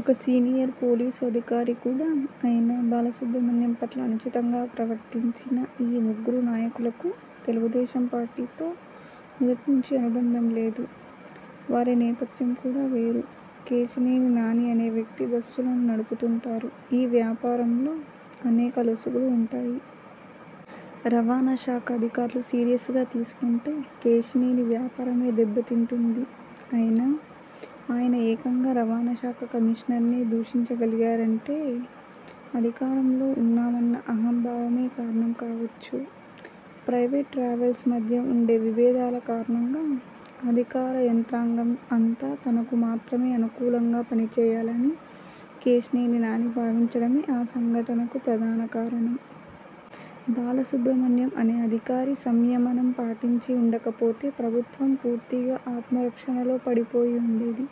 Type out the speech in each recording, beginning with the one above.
ఒక senior police అధికారి కూడా అయిన బాలసుబ్రహ్మణ్యం పట్ల అనుచితంగా ప్రవర్తించిన ఈ ముగ్గురు నాయకులకు తెలుగుదేశం పార్టీతో మొదటి నుంచి అనుబంధం లేదు. వారి నేపథ్యం కూడా వేరు! కేశినేని నాని అనే వ్యక్తి బస్సులను నడుపుతుంటారు. ఈ వ్యాపారంలో అనేక లొసుగులు ఉంటాయి. రవాణా శాఖ అధికారులు సీరియస్గా తీసుకుంటే కేశినేని వ్యాపారమే దెబ్బతింటుంది. అయినా, ఆయన ఏకంగా రవాణాశాఖ కమిషనర్నే దూషించగలిగారంటే, అధికారంలో ఉన్నామన్న అహంభావమే కారణం కావచ్చు. ప్రైవేటు ట్రావెల్స్ మధ్య ఉండే విభేదాల కారణంగా అధికార యంత్రాంగం అంతా తనకు మాత్రమే అనుకూలంగా పనిచేయాలని కేశినేని నాని భావించడమే ఆ సంఘటనకు ప్రధాన కారణం. బాలసుబ్రహ్మణ్యం అనే అధికారి సంయమనం పాటించి ఉండకపోతే ప్రభుత్వం పూర్తిగా ఆత్మరక్షణలో పడిపోయి ఉండేది.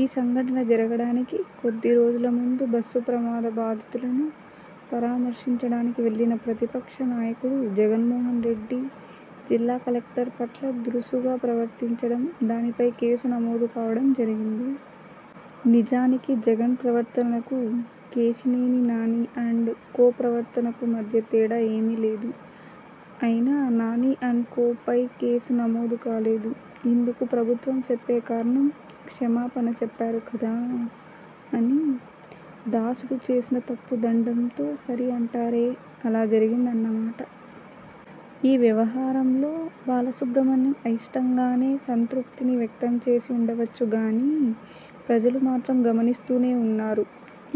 ఈ సంఘటన జరగడానికి కొద్దిరోజుల ముందు బస్సు ప్రమాద బాధితులను పరామర్శించడానికి వెళ్లిన ప్రతిపక్ష నాయకుడు జగన్మోహన్ రెడ్డి జిల్లా కలెక్టర్ పట్ల దురుసుగా ప్రవర్తించడం, దానిపై కేసు నమోదు కావడం జరిగింది. నిజానికి జగన్ ప్రవర్తనకు, కేశినేని నాని అండ్ కో ప్రవర్తనకు మధ్య తేడా ఏమీ లేదు. అయినా నాని అండ్ కోపై కేసు నమోదు కాలేదు. ఇందుకు ప్రభుత్వం చెప్పే కారణం 'క్షమాపణ చెప్పారు కదా! ' అని! దాసుడు చేసిన తప్పు దండంతో సరి అంటారే, అలా జరిగిందన్నమాట! ఈ వ్యవహారంలో బాలసుబ్రహ్మణ్యం అయిష్టంగానే సంతృప్తిని వ్యక్తంచేసి ఉండవచ్చుగానీ ప్రజలు మాత్రం గమనిస్తూనే ఉన్నారు.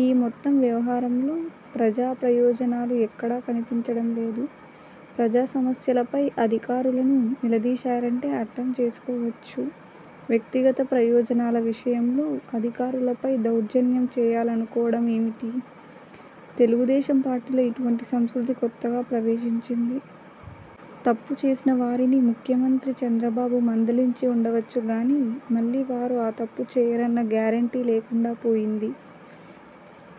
ఈ మొత్తం వ్యవహారంలో ప్రజాప్రయోజనాలు ఎక్కడా కనిపించడం లేదు. ప్రజాసమస్యలపై అధికారులను నిలదీశారంటే అర్థంచేసుకోవచ్చు. వ్యక్తిగత ప్రయోజనాల విషయంలో అధికారులపై దౌర్జన్యం చేయాలనుకోవడం ఏమిటి? తెలుగుదేశం పార్టీలో ఇటువంటి సంస్కృతి కొత్తగా ప్రవేశించింది. తప్పు చేసిన వారిని ముఖ్యమంత్రి చంద్రబాబు మందలించి ఉండవచ్చుగానీ మళ్లీ వారు ఆ తప్పు చేయరన్న గ్యారంటీ లేకుండా పోయింది.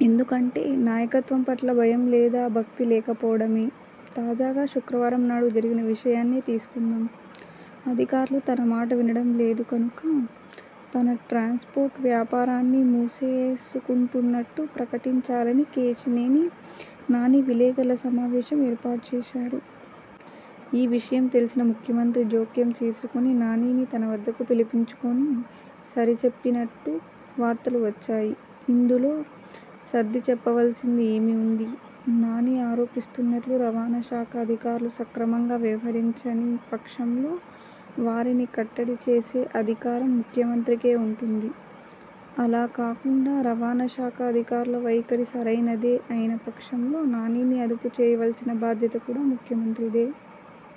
ఎందుకంటే నాయకత్వం పట్ల భయం లేదా భక్తి లేకపోవడమే! తాజాగా శుక్రవారం నాడు జరిగిన విషయాన్నే తీసుకుందాం. అధికారులు తన మాట వినడం లేదు కనుక తన ట్రాన్స్పోర్ట్ వ్యాపారాన్ని మూసేసుకుంటున్నట్టు ప్రకటించాలని కేశినేని నాని విలేకరుల సమావేశం ఏర్పాటు చేశారు. ఈ విషయం తెలిసిన ముఖ్యమంత్రి జోక్యం చేసుకుని నానిని తన వద్దకు పిలిపించుకుని సర్దిచెప్పినట్టు వార్తలు వచ్చాయి. ఇందులో సర్దిచెప్పవలసింది ఏమి ఉంది? నాని ఆరోపిస్తున్నట్టు రవాణా శాఖ అధికారులు సక్రమంగా వ్యవహరించని పక్షంలో వారిని కట్టడిచేసే అధికారం ముఖ్యమంత్రికే ఉంటుంది. అలా కాకుండా రవాణా శాఖ అధికారుల వైఖరి సరైనదే అయిన పక్షంలో నానిని అదుపు చేయవలసిన బాధ్యత కూడా ముఖ్యమంత్రిదే!